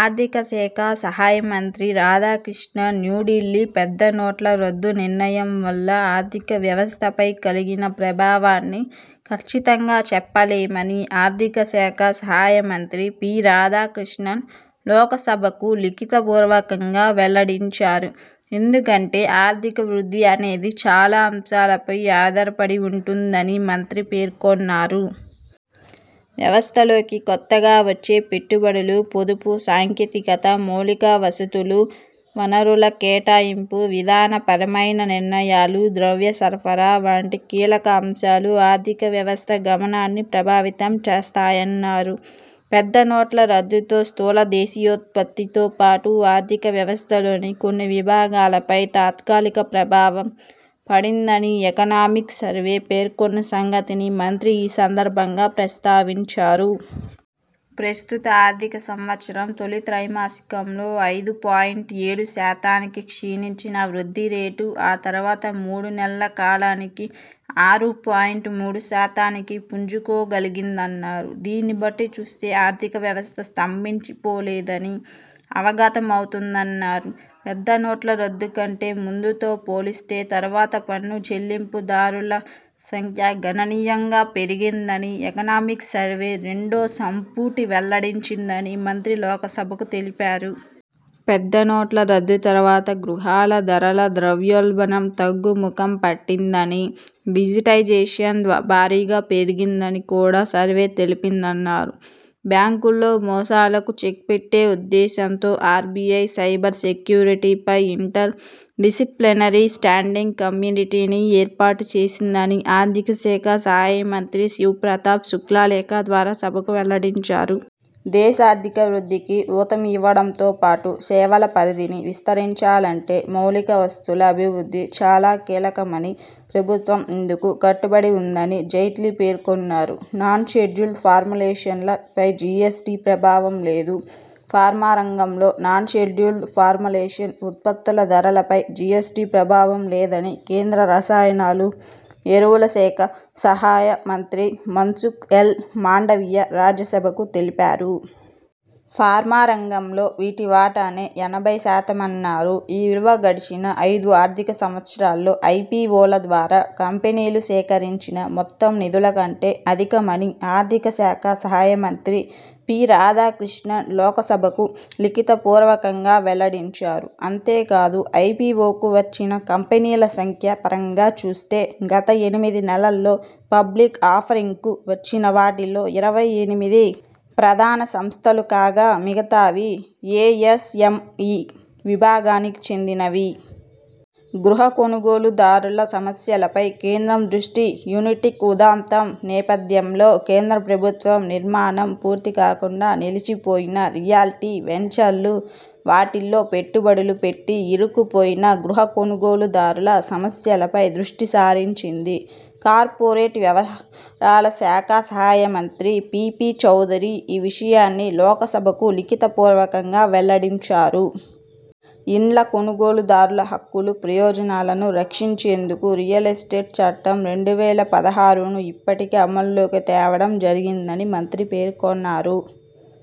ఆర్థిక శాఖ సహాయ మంత్రి రాధాకృష్ణ న్న్యూ ఢిల్లీ పెద్ద నోట్ల రద్దు నిర్ణయం వల్ల ఆర్థిక వ్యవస్థ పై కలిగిన ప్రభావాన్ని ఖచ్చితంగా చెప్పలేమని ఆర్థిక శాఖ సహాయ మంత్రి పి రాధాకృష్ణన్ లోక్సభకు లిఖిత పూర్వకంగా వెల్లడించారు. ఎందుకంటే ఆర్థిక వృద్ధి అనేది చాలా అంశాలపై ఆధారపడి ఉంటుందని మంత్రి పేర్కొన్నారు. వ్యవస్థలోకి కొత్తగా వచ్చే పెట్టు బడులు, పొదుపు, సాంకేతికత, మౌలిక వసతులు, వనరుల కేటాయింపు, విధాన పరమైన నిర్ణయాలు, ద్రవ్య సరఫరా వంటి కీలక అంశాలు ఆర్థిక వ్యవస్థ గమనాన్ని ప్రభావితం చేస్తాయన్నారు. పెద్ద నోట్ల రద్దుతో స్థూల దేశీయోత్పత్తి తో పాటు ఆర్థిక వ్యవస్థ లోని కొన్ని విభాగాలపై తాత్కాలిక ప్రభావం పడింద ని 'ఎకనామిక్ సర్వే' పేర్కొన్న సంగతిని మంత్రి ఈ సందర్భంగా ప్రస్తావించారు. ప్రస్తుత ఆర్థిక సంవత్సరం తొలి త్రైమాసికంలో ఐదు పాయింట్ ఏడు శాతానికి క్షీణించిన వృద్ధి రేటు ఆ తర్వాత మూడు నెలల కాలానికి ఆరు పాయింట్ మూడు శాతానికి పుంజుకోగలిగిందన్నారు. దీన్నిబట్టి చూస్తే, ఆర్థిక వ్యవస్థ స్తంభించి పోలేదని అవగతమవుతున్నదన్నారు. పెద్ద నోట్ల రద్దు కంటే ముందుతో పోలిస్తే తర్వాత పన్ను చెల్లింపు దారుల సంఖ్య గణనీయంగా పెరిగిందని ఎకనామిక్ సర్వే రెండో సంపుటి వెల్లడించిందని మంత్రి లోక్సభకు తెలిపారు. పెద్ద నోట్ల రద్దు తర్వాత గృహాల ధరల ద్రవ్యోల్బణం తగ్గు ముఖం పట్టిందని, డిజిటైజేషన్ భారీగా పెరిగిందని కూడా సర్వే తెలిపిందన్నారు. బ్యాంకుల్లో మోసాలకు చెక్ పెట్టే ఉద్దేశంతో ఆర్బిఐ, సైబర్ సెక్యూరిటీ పై ఇంటర్ డిసిప్లినరీ స్టాండింగ్ కమిటీని ఏర్పాటు చేసిందని ఆర్థిక శాఖ సహాయ మంత్రి శివ్ ప్రతాప్ శుక్లా లేఖ ద్వారా సభకు వెల్లడించారు. దేశ ఆర్థిక వృద్ధికి ఊతమివ్వడంతో పాటు సేవల పరిధిని విస్తరించాలంటే మౌలిక వసతుల అభివృద్ధి చాలా కీలకమని, ప్రభుత్వం ఇందుకు కట్టుబడి ఉందని జైట్లీ పేర్కొన్నారు. నాన్ షెడ్యూల్డ్ ఫార్ములేషన్ల పై జిఎ్సటి ప్రభావం లేదు ఫార్మా రంగంలో నాన్ షెడ్యూల్డ్ ఫార్ములేషన్ ఉత్పత్తుల ధరలపై జిఎ్సటి ప్రభావం లేదని కేంద్ర రసాయనాలు, ఎరువుల శాఖ సహాయ మంత్రి మన్సుఖ్ ఎల్ మాండవీయ రాజ్యసభకు తెలిపారు. ఫార్మా రంగంలో వీటి వాటానే ఎనభై శాతమన్నారు. ఈ విలువ గడిచిన ఐదు ఆర్థిక సంవత్సరాల్లో ఐపిఒల ద్వారా కంపెనీలు సేకరించిన మొత్తం నిధుల కంటే అధికమని ఆర్థిక శాఖ సహాయ మంత్రి పి రాధాకృష్ణన్ లోక్సభకు లిఖిత పూర్వకంగా వెల్లడించారు. అంతేకాదు, ఐపిఒకు వచ్చిన కంపెనీల సంఖ్య పరంగా చూస్తే, గత ఎనిమిది నెలల్లో పబ్లిక్ ఆఫరింగ్కు వచ్చిన వాటిలో ఇరవై ఎనిమిది ప్రధాన సంస్థలు కాగా, మిగతావి ఎస్ఎంఇ విభాగానికి చెందినవి. గృహ కొనుగోలు దారుల సమస్యలపై కేంద్రం దృష్టి యునిటెక్ ఉదంతం నేపథ్యంలో కేంద్ర ప్రభుత్వం, నిర్మాణం పూర్తి కాకుండా నిలిచి పోయిన రియల్టీ వెంచర్లు, వాటిల్లో పెట్టు బడులు పెట్టి ఇరుక్కు పోయిన గృహ కొనుగోలు దారుల సమస్యలపై దృష్టి సారించింది. కార్పొరేట్ వ్యవహారాల శాఖ సహాయ మంత్రి పిపి చౌదరీ ఈ విషయాన్ని లోక్సభకు లిఖిత పూర్వకంగా వెల్లడించారు. ఇండ్ల కొనుగోలు దారుల హక్కులు, ప్రయోజనాలను రక్షించేందుకు రియల్ ఎస్టేట్ చట్టం, రెండు వేల పదహారును ఇప్పటికే అమలు లోకి తేవడం జరిగిందని మంత్రి పేర్కొన్నారు.